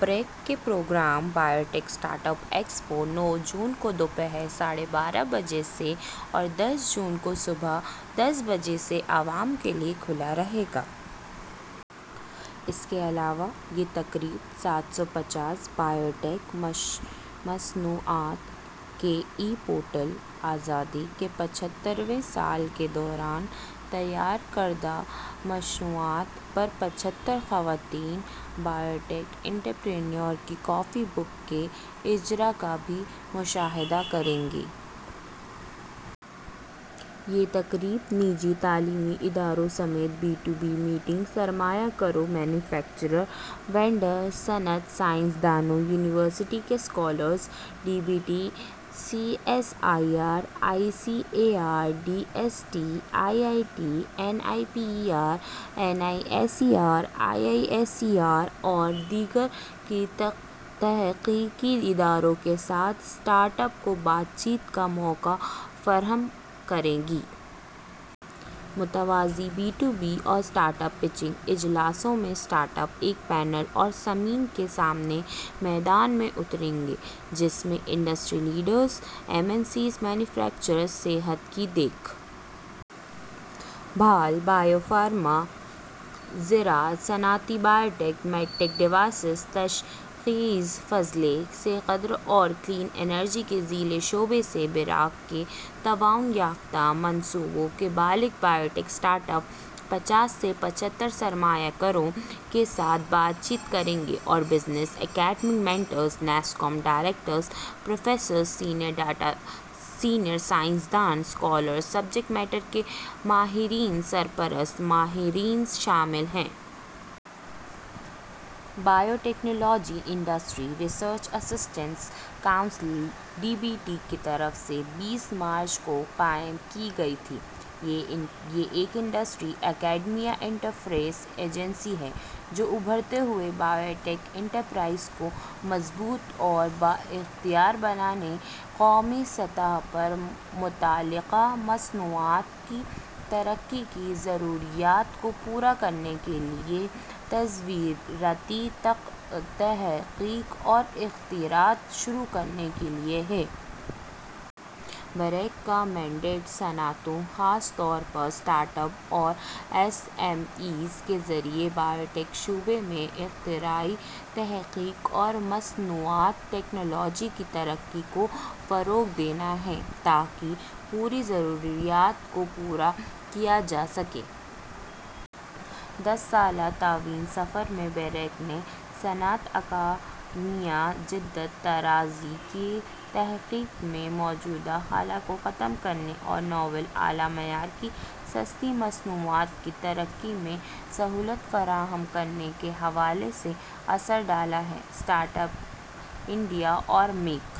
Be I R A C کے programme biotech startup expo نو جون کو دوپہر ساڑھے بارہ بجے سے اور دس جون کو صبح دس بجے سے عوام کے لیے کھلا رہے گا۔ اس کے علاوہ، یہ تقریب سات سو پچاس بائیوٹیک مصنوعات کے ای پورٹل، آزادی کے پچھتر ویں سال کے دوران تیار کردہ مصنوعات اور پچھتر خواتین بایوٹیک انٹرپرینیورز کی کافی بک کے اجراء کا بھی مشاہدہ کرے گی۔ یہ تقریب، نجی تعلیمی اداروں سمیت بی ٹو بی میٹنگز، سرمایہ کاروں، مینوفیکچررز، وینڈرز، صنعت، سائنسدانوں، یونیورسٹیوں کے scholars, D B T, C S I R, I C A R, D S T, I I T, N I P E R, N I S E R, I I S E R اور دیگر کے تحقیقی اداروں کے ساتھ startups کو بات چیت کا موقع فراہم کرے گی۔ متوازی بی ٹو بی اور اسٹارٹ اپ پیچنگ اجلاسوں میں، اسٹارٹ اپس ایک پینل اور سامعین کے سامنے میدان میں اتریں گے جس میں industry leaders, M N Cs, manufacturers, صحت کی دیکھ بھال، بائیو فارما، زراعت، صنعتی بائیوٹیک، میڈٹیک ڈیوائسز، تشخیص، فضلہ سے قدر اور کلین انرجی کے ذیلی شعبے سے be I R A C کے تعاون یافتہ منصوبوں کے بالغ بائیوٹیک اسٹارٹ اپس پچاس سے پچھتر سرمایہ کاروں کے ساتھ بات چیت کریں گے اور business academic mentors, NASSCOM, directors, professor, senior science دان، اسکالرز، سبجیکٹ میٹرز کے ماہرین، سرپرست، ماہرین شامل ہیں۔ Biotechnology industry research assistance council, D B T کی طرف سے بیس مارچ کو قائم کی گئی تھی۔ یہ ایک انڈسٹری-اکیڈمیا انٹرفیس ایجنسی ہے جو ابھرتے ہوئے بائیوٹیک انٹرپرائز کو مضبوط اور بااختیار بنانے، قومی سطح پر متعلقہ مصنوعات کی ترقی کی ضروریات کو پورا کرنے کے لیے، تزویراتی تحقیق اور اختراعات شروع کرنے کے لیے ہے۔ بی آئی آر اے سی کا مینڈیٹ صنعتوں، خاص طور پر اسٹارٹ اپس اور ایس ایم ایز کے ذریعے بائیوٹیک شعبہ میں اختراعی تحقیق اور مصنوعات/ٹیکنالوجی کی ترقی کو فروغ دینا ہے تاکہ پوری ضروریات کو پورا کیا جا سکے۔ دس سالہ طویل سفر میں، بی آئی آر اے سی نے صنعت-اکیڈمیا جدت طرازی کی تحقیق میں موجودہ خلا کو ختم کرنے اور ناول، اعلیٰ معیار کی سستی مصنوعات کی ترقی میں سہولت فراہم کرنے کے حوالے سے اثر ڈالا ہے۔ اسٹارٹ اپ انڈیا اور میک